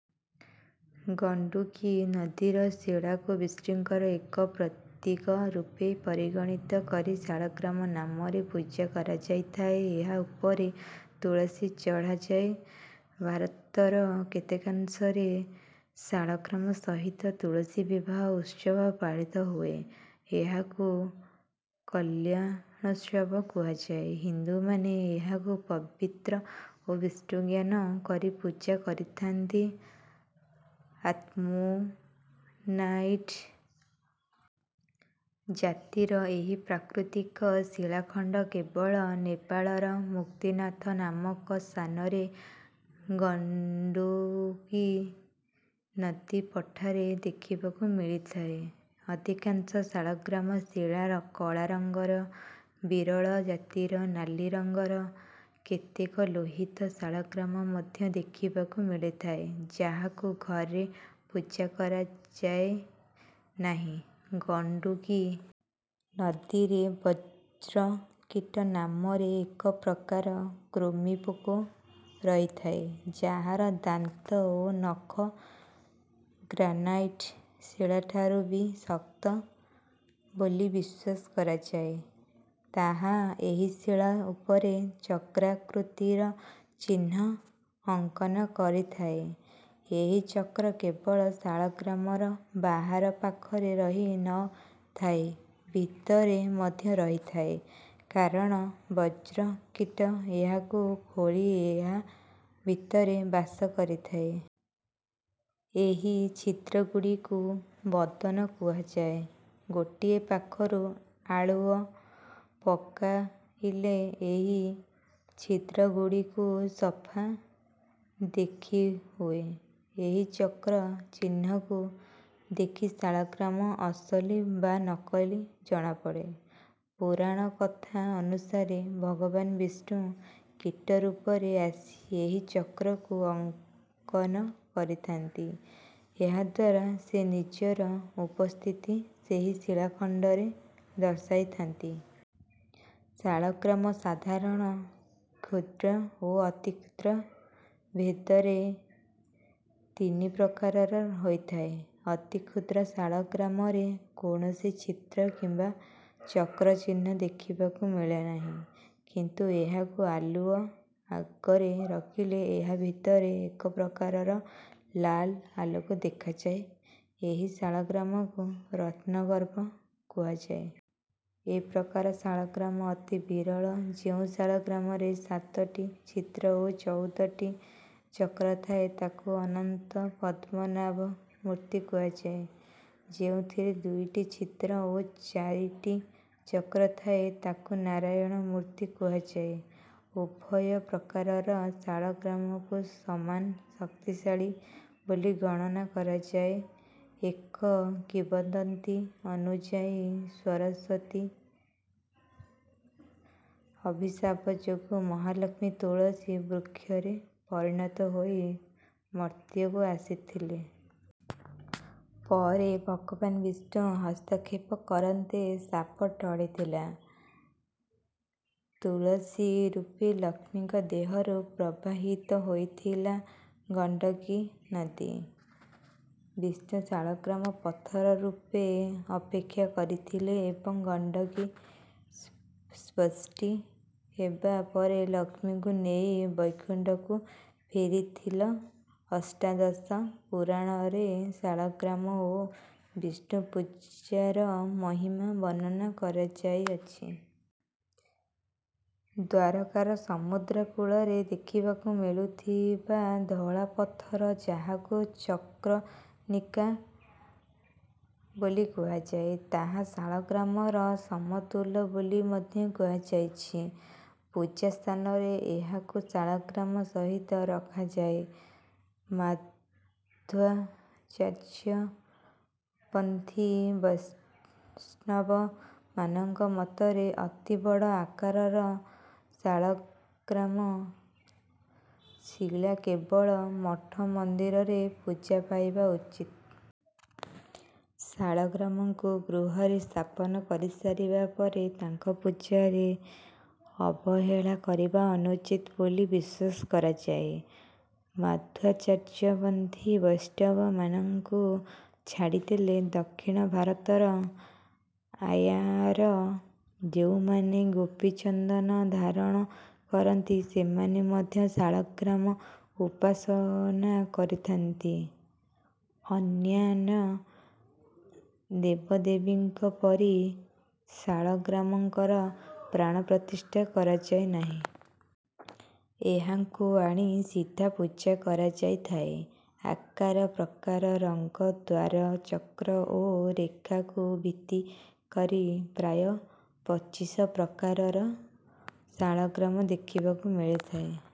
ଗଣ୍ଡୁକୀ ନଦୀର ଶିଳାକୁ ବିଷ୍ଣୁଙ୍କର ଏକ ପ୍ରତୀକ ରୂପେ ପରିଗଣିତ କରି ଶାଳଗ୍ରାମ ନାମରେ ପୂଜା କରାଯାଇଥାଏ। ଏହା ଉପରେ ତୁଳସୀ ଚଢ଼ାଯାଏ। ଭାରତର କେତେକାଂଶରେ ଶାଳଗ୍ରାମ ସହିତ ତୁଳସୀ ବିବାହ ଉତ୍ସବ ପାଳିତ ହୁଏ। ଏହାକୁ କଲ୍ୟାଣୋତ୍ସବ କୁହାଯାଏ। ହିନ୍ଦୁମାନେ ଏହାକୁ ପବିତ୍ର ଓ ବିଷ୍ଣୁ ଜ୍ଞାନ କରି ପୂଜା କରିଥାନ୍ତି। ଆମ୍ମୋନାଇଟ୍ ଜାତିର ଏହି ପ୍ରାକୃତିକ ଶିଳାଖଣ୍ଡ କେବଳ ନେପାଳର ମୁକ୍ତିନାଥ ନାମକ ସ୍ଥାନରେ ଗଣ୍ଡୁକୀ ନଦୀ ପଠାରେ ଦେଖିବାକୁ ମିଳିଥାଏ। ଅଧିକାଂଶ ଶାଳଗ୍ରାମ ଶିଳାର କଳା ରଙ୍ଗର। ବିରଳ ଜାତିର ନାଲି ରଙ୍ଗର କେତେକ ଲୋହିତ ଶାଳଗ୍ରାମ ମଧ୍ୟ ଦେଖିବାକୁ ମିଳିଥାଏ, ଯାହାକୁ ଘରେ ପୂଜା କରାଯାଏ ନାହିଁ। ଗଣ୍ଡୁକୀ ନଦୀରେ ବଜ୍ରକୀଟ ନାମରେ ଏକ ପ୍ରକାର କୃମିପୋକ ରହିଥାଏ, ଯାହାର ଦାନ୍ତ ଓ ନଖ ଗ୍ରାନାଇଟ୍ ଶିଳାଠାରୁ ବି ଶକ୍ତ ବୋଲି ବିଶ୍ୱାସ କରାଯାଏ। ତାହା ଏହି ଶିଳା ଉପରେ ଚକ୍ରାକୃତିର ଚିହ୍ନ ଅଙ୍କନ କରିଥାଏ। ଏହି ଚକ୍ର କେବଳ ଶାଳଗ୍ରାମର ବାହାର ପାଖରେ ରହି ନ ଥାଏ, ଭିତରେ ମଧ୍ୟ ରହିଥାଏ; କାରଣ ବଜ୍ରକୀଟ ଏହାକୁ ଖୋଳି ଏହା ଭିତରେ ବାସ କରିଥାଏ। ଏହି ଛିଦ୍ରଗୁଡ଼ିକୁ ବଦନ କୁହାଯାଏ। ଗୋଟିଏ ପାଖରୁ ଆଲୁଅ ପକାଇଲେ ଏହି ଛିଦ୍ରଗୁଡ଼ିକୁ ସଫା ଦେଖିହୁଏ। ଏହି ଚକ୍ର ଚିହ୍ନକୁ ଦେଖି ଶାଳଗ୍ରାମ ଅସଲି ବା ନକଲି ଜଣାପଡ଼େ। ପୁରାଣକଥା ଅନୁସାରେ ଭଗବାନ ବିଷ୍ଣୁ କୀଟ ରୂପରେ ଆସି ଏହି ଚକ୍ରକୁ ଅଙ୍କନ କରିଥାନ୍ତି। ଏହାଦ୍ୱାରା ସେ ନିଜର ଉପସ୍ଥିତି ସେହି ଶିଳାଖଣ୍ଡରେ ଦର୍ଶାଇଥାନ୍ତି। ଶାଳଗ୍ରାମ ସାଧାରଣ, କ୍ଷୁଦ୍ର ଓ ଅତିକ୍ଷୁଦ୍ର ଭେଦରେ ତିନି ପ୍ରକାରର ହୋଇଥାଏ। ଅତି କ୍ଷୁଦ୍ର ଶାଳଗ୍ରାମରେ କୌଣସି ଛିଦ୍ର କିମ୍ବା ଚକ୍ର ଚିହ୍ନ ଦେଖିବାକୁ ମିଳେନାହିଁ। କିନ୍ତୁ ଏହାକୁ ଆଲୁଅ ଆଗରେ ରଖିଲେ ଏହା ଭିତରେ ଏକ ପ୍ରକାରର ଲାଲ୍ ଆଲୋକ ଦେଖାଯାଏ। ଏହି ଶାଳଗ୍ରାମକୁ ରତ୍ନଗର୍ଭ କୁହାଯାଏ। ଏ ପ୍ରକାର ଶାଳଗ୍ରାମ ଅତି ବିରଳ। ଯେଉଁ ଶାଳଗ୍ରାମରେ ସାତଟି ଛିଦ୍ର ଓ ଚଉଦଟି ଚକ୍ର ଥାଏ, ତାକୁ ଅନନ୍ତ ପଦ୍ମନାଭ ମୂର୍ତ୍ତି କୁହାଯାଏ। ଯେଉଁଥିରେ ଦୁଇଟି ଛିଦ୍ର ଓ ଚାରିଟି ଚକ୍ର ଥାଏ, ତାକୁ ନାରାୟଣ ମୂର୍ତ୍ତି କୁହାଯାଏ। ଉଭୟ ପ୍ରକାରର ଶାଳଗ୍ରାମକୁ ସମାନ ଶକ୍ତିଶାଳୀ ବୋଲି ଗଣନା କରାଯାଏଏକ କିମ୍ବଦନ୍ତୀ ଅନୁଯାୟୀ ସରସ୍ୱତୀଙ୍କ ଅଭିଶାପ ଯୋଗୁଁ ମହାଲକ୍ଷ୍ମୀ ତୁଳସୀ ବୃକ୍ଷରେ ପରିଣତ ହୋଇ ମର୍ତ୍ତ୍ୟକୁ ଆସିଥିଲେ। ପରେ ଭଗବାନ ବିଷ୍ଣୁ ହସ୍ତକ୍ଷେପ କରନ୍ତେ ଶାପ ଟଳିଥିଲା। ତୁଳସୀ ରୂପୀ ଲକ୍ଷ୍ମୀଙ୍କ ଦେହରୁ ପ୍ରବାହିତ ହୋଇଥିଲା ଗଣ୍ଡକୀ ନଦୀ। ବିଷ୍ଣୁ ଶାଳଗ୍ରାମ ପଥର ରୂପେ ଅପେକ୍ଷା କରିଥିଲେ ଏବଂ ଗଣ୍ଡକୀ ସୃଷ୍ଟି ହେବା ପରେ ଲକ୍ଷ୍ମୀଙ୍କୁ ନେଇ ବୈକୁଣ୍ଠକୁ ଫେରିଥିଲଅଷ୍ଟାଦଶ ପୁରାଣରେ ଶାଳଗ୍ରାମ ଓ ବିଷ୍ଣୁ ପୂଜାର ମହିମା ବର୍ଣ୍ଣନା କରାଯାଇଅଛି। ଦ୍ୱାରକାର ସମୁଦ୍ର କୂଳରେ ଦେଖିବାକୁ ମିଳୁଥିବା ଧଳା ପଥର, ଯାହାକୁ ଚକ୍ରନିକା ବୋଲି କୁହାଯାଏ, ତାହା ଶାଳଗ୍ରାମର ସମତୁଲ ବୋଲି ମଧ୍ୟ କୁହାଯାଇଛି। ପୂଜା ସ୍ଥାନରେ ଏହାକୁ ଶାଳଗ୍ରାମ ସହିତ ରଖାଯାଏ। ମାଧ୍ୱାଚାର୍ଯ୍ୟପନ୍ଥୀ ବୈଷ୍ଣବମାନଙ୍କ ମତରେ ଅତି ବଡ଼ ଆକାରର ଶାଳଗ୍ରାମ ଶିଳା କେବଳ ମଠ ମନ୍ଦିରରେ ପୂଜା ପାଇବା ଉଚିତ। ଶାଳଗ୍ରାମଙ୍କୁ ଗୃହରେ ସ୍ଥାପନ କରିସାରିବା ପରେ ତାଙ୍କ ପୂଜାରେ ଅବହେଳା କରିବା ଅନୁଚିତ ବୋଲି ବିଶ୍ୱାସ କରାଯାଏ। ମାଧ୍ୱାଚାର୍ଯ୍ୟପନ୍ଥୀ ବୈଷ୍ଣବମାନଙ୍କୁ ଛାଡ଼ିଦେଲେ, ଦକ୍ଷିଣ ଭାରତର ଆୟାର ଯେଉଁମାନେ ଗୋପୀଚନ୍ଦନ ଧାରଣ କରନ୍ତି, ସେମାନେ ମଧ୍ୟ ଶାଳଗ୍ରାମଉପାସନା କରିଥାନ୍ତି। ଅନ୍ୟାନ୍ୟ ଦେବଦେବୀଙ୍କ ପରି ଶାଳଗ୍ରାମଙ୍କର ପ୍ରାଣପ୍ରତିଷ୍ଠା କରାଯାଏ ନାହିଁ। ଏହାଙ୍କୁ ଆଣି ସିଧା ପୂଜା କରାଯାଇଥାଏ। ଆକାର ପ୍ରକାର, ରଙ୍ଗ, ଦ୍ୱାର, ଚକ୍ର ଓ ରେଖାକୁ ଭିତ୍ତି କରି ପ୍ରାୟ ପଚିଶ ପ୍ରକାରର ଶାଳଗ୍ରାମ ଦେଖିବାକୁ ମିଳିଥାଏ।